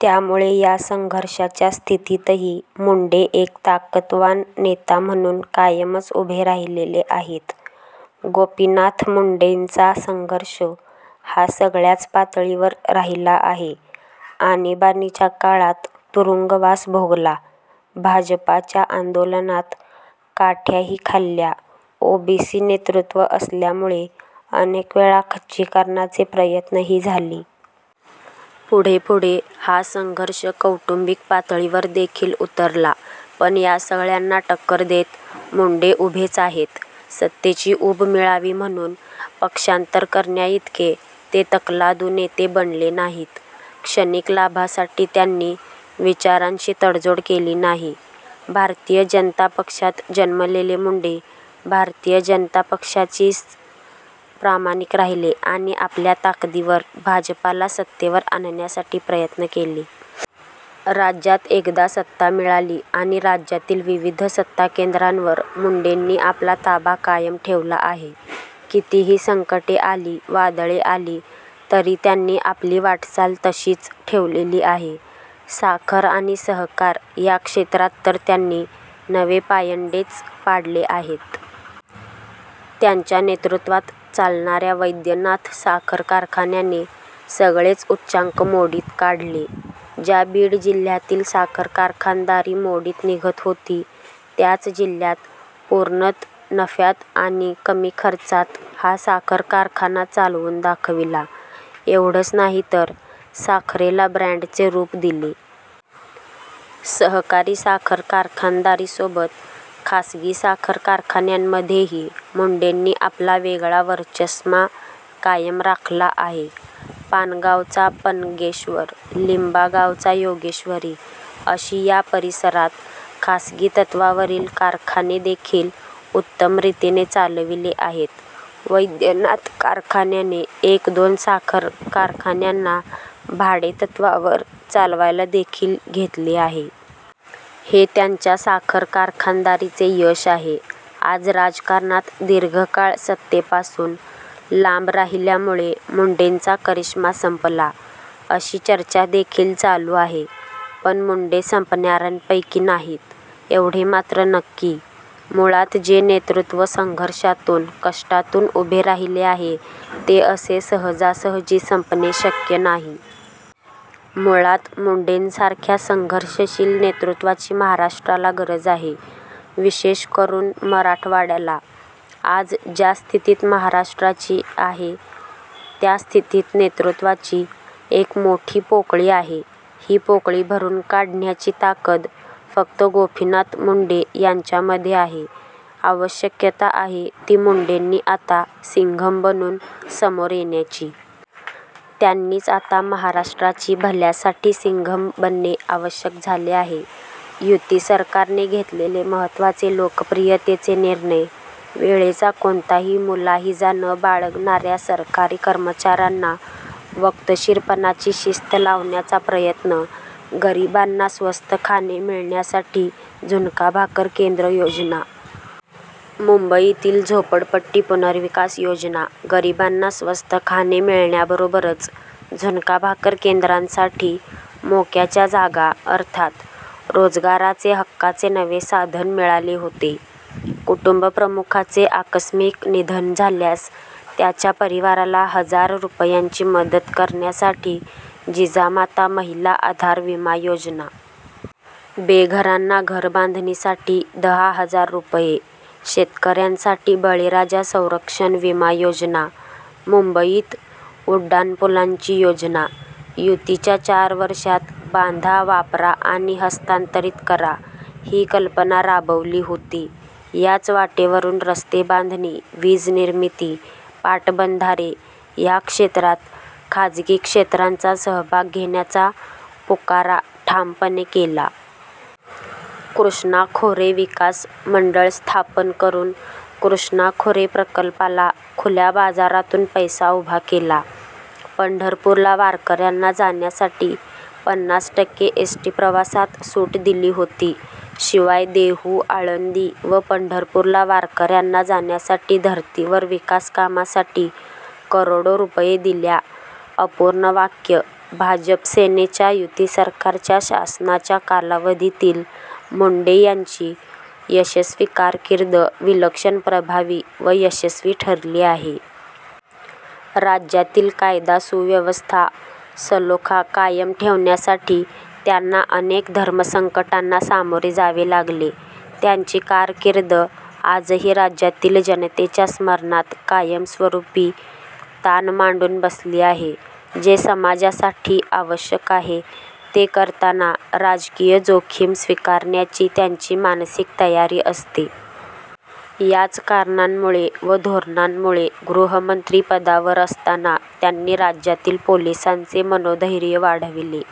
त्यामुळे या संघर्षाच्या स्थितीतही मुंडे एक ताकदवान नेता म्हणून कायमच उभे राहिलेले आहेत. गोपीनाथ मुंडेंचा संघर्ष हा सगळय़ाच पातळीवर राहिला आहे. आणीबाणीच्या काळात तुरुंगवास भोगला. भाजपाच्या आन्दोलनात काठय़ाही खाल्ल्या. ओबीसी नेतृत्व असल्यामुळे अनेकवेळा खच्चीकरणाचे प्रयत्नही झाले. पुढे-पुढे हा संघर्ष कौटुंबिक पातळीवरदेखील उतरला; पण या सगळय़ांना टक्कर देत मुंडे उभेच आहेत. सत्तेची ऊब मिळावी म्हणून पक्षान्तर करण्याइतके ते तकलादू नेते बनले नाहीत. क्षणिक लाभासाठी त्यांनी विचारांशी तडजोड केली नाही. भारतीय जनता पक्षात जन्मलेले मुंडे, भारतीय जनता पक्षाशीच प्रामाणिक राहिले आणि आपल्या ताकदीवर भाजपाला सत्तेवर आणण्यासाठी प्रयत्न केले. राज्यात एकदा सत्ता मिळाली आणि राज्यातील विविध सत्ताकेंद्रावर मुंडेंनी आपला ताबा कायम ठेवला आहे. कितीही संकटे आली, वादळे आली तरी त्यांनी आपली वाटचाल तशीच ठेवलेली आहे. साखर आणि सहकार या क्षेत्रात तर त्यांनी नवे पायंडेच पाडले आहेत. त्यांच्या नेतृत्वात चालणाऱ्या वैद्यनाथ साखर कारखान्याने सगळेच उच्चांक मोडीत काढले. ज्या बीड जिल्ह्यातील साखर कारखानदारी मोडीत निघत होती, त्याच जिल्ह्यात पूर्णत नफ्यात आणि कमी खर्चात हा साखर कारखाना चालवून दाखविला. एवढंच नाहीतर साखरेला ब्रॅंडचे रूप दिले. सहकारी साखर कारखानदारीसोबत खासगी साखर कारखान्यांमध्येही मुंडेंनी आपला वेगळा वरचष्मा कायम राखला आहे. पानगावचा पन्नगेश्वर, लिम्बा गावचा योगेश्वरी, अशी या परिसरात खासगी तत्त्वावरील कारखानेदेखील उत्तमरीतीने चालविले आहेत. वैद्यनाथ कारखान्याने एक-दोन साखर कारखान्यांना भाडेतत्त्वावर चालवायलादेखील घेतले आहे. हे त्यांच्या साखर कारखानदारीचे यश आहे. आज राजकारणात दीर्घकाळ सत्तेपासून लांब राहिल्यामुळे मुंडेंचा करिष्मा सम्पला, अशी चर्चादेखील चालू आहे. पण मुंडे संपणाऱ्यांपैकी नाहीत एवढे मात्र नक्की. मुळात जे नेतृत्व संघर्षातून, कष्टातून उभे राहिले आहे, ते असे सहजासहजी संपणे शक्य नाही. मुळात मुंडेंसारख्या संघर्षशील नेतृत्वाची महाराष्ट्राला गरज आहे. विशेष करून मराठवाडय़ाला. आज ज्या स्थितीत महाराष्ट्राची आहे त्या स्थितीत नेतृत्वाची एक मोठी पोकळी आहे. ही पोकळी भरून काढण्याची ताकद फक्त गोपीनाथ मुंडे यांच्यामध्ये आहे. आवश्यकता आहे ती मुंडेंनी आता सिंघम बनून समोर येण्याची. त्यांनीच आता महाराष्ट्राची भल्यासाठी सिंघम बनणे आवश्यक झाले आहे. युती सरकारने घेतलेले महत्त्वाचे लोकप्रियतेचे निर्णय: वेळेचा कोणताही मुलाहिजा न बाळगणाऱ्या सरकारी कर्मचाऱ्यांना वक्तशीरपणाची शिस्त लावण्याचा प्रयत्न. गरिबांना स्वस्त खाणे मिळण्यासाठी झुणका भाकर केंद्र योजना. मुम्बईतील झोपडपट्टी पुनर्विकास योजना. गरिबांना स्वस्त खाणे मिळण्याबरोबरच झुणका भाकर केंद्रांसाठी मोक्याच्या जागा अर्थात रोजगाराचे हक्काचे नवे साधन मिळाले होते. कुटुम्बप्रमुखाचे आकस्मिक निधन झाल्यास त्याच्या परिवाराला हजार रुपयांची मदत करण्यासाठी जिजामाता महिला आधार विमा योजना. बेघरांना घरबांधणीसाठी दहा हजार रुपये. शेतकऱ्यांसाठी बळीराजा संरक्षण विमा योजना. मुम्बईत उड्डाणपुलांची योजना. युतीच्या चार वर्षांत 'बांधा, वापरा आणि हस्तांतरित करा,' ही कल्पना राबवली होती. याच वाटेवरून रस्तेबांधणी, वीज निर्मिती, पाटबंधारे या क्षेत्रांत खाजगी क्षेत्रांचा सहभाग घेण्याचा पुकारा ठामपणे केला. कृष्णा खोरे विकास मण्डळ स्थापन करून कृष्णा खोरे प्रकल्पाला खुल्या बाजारातून पैसा उभा केला. पण्ढरपूरला वारकऱ्यांना जाण्यासाठी पन्नास टक्के एस. टी. प्रवासात सुट दिली होती. शिवाय देहू, आळन्दी व पण्ढरपूरला वारकऱ्यांना जाण्यासाठी धर्तीवर विकास कामासाठी करोडो रुपये दिल्या अपूर्ण वाक्य भाजप -सेनेच्या युतीसरकारच्या शासनाच्या कालावधीतील मुंडे यांची यशस्वी कारकीर्द विलक्षण प्रभावी व यशस्वी ठरली आहे. राज्यातील कायदा सुव्यवस्था सलोखा कायम ठेवण्यासाठी त्यांना अनेक धर्मसंकटांना सामोरे जावे लागले, त्यांची कारकीर्द आजही राज्यातील जनतेच्या स्मरणात कायम स्वरूपी ताण मांडून बसली आहे. जे समाजासाठी आवश्यक आहे ते करताना राजकीय जोखीम स्वीकारण्याची त्यांची मानसिक तयारी असते. याच कारणांमुळे व धोरणांमुळे गृहमंत्री पदावर असतांना त्यांनी राज्यातील पोलिसांचे मनोधैर्य वाढविले.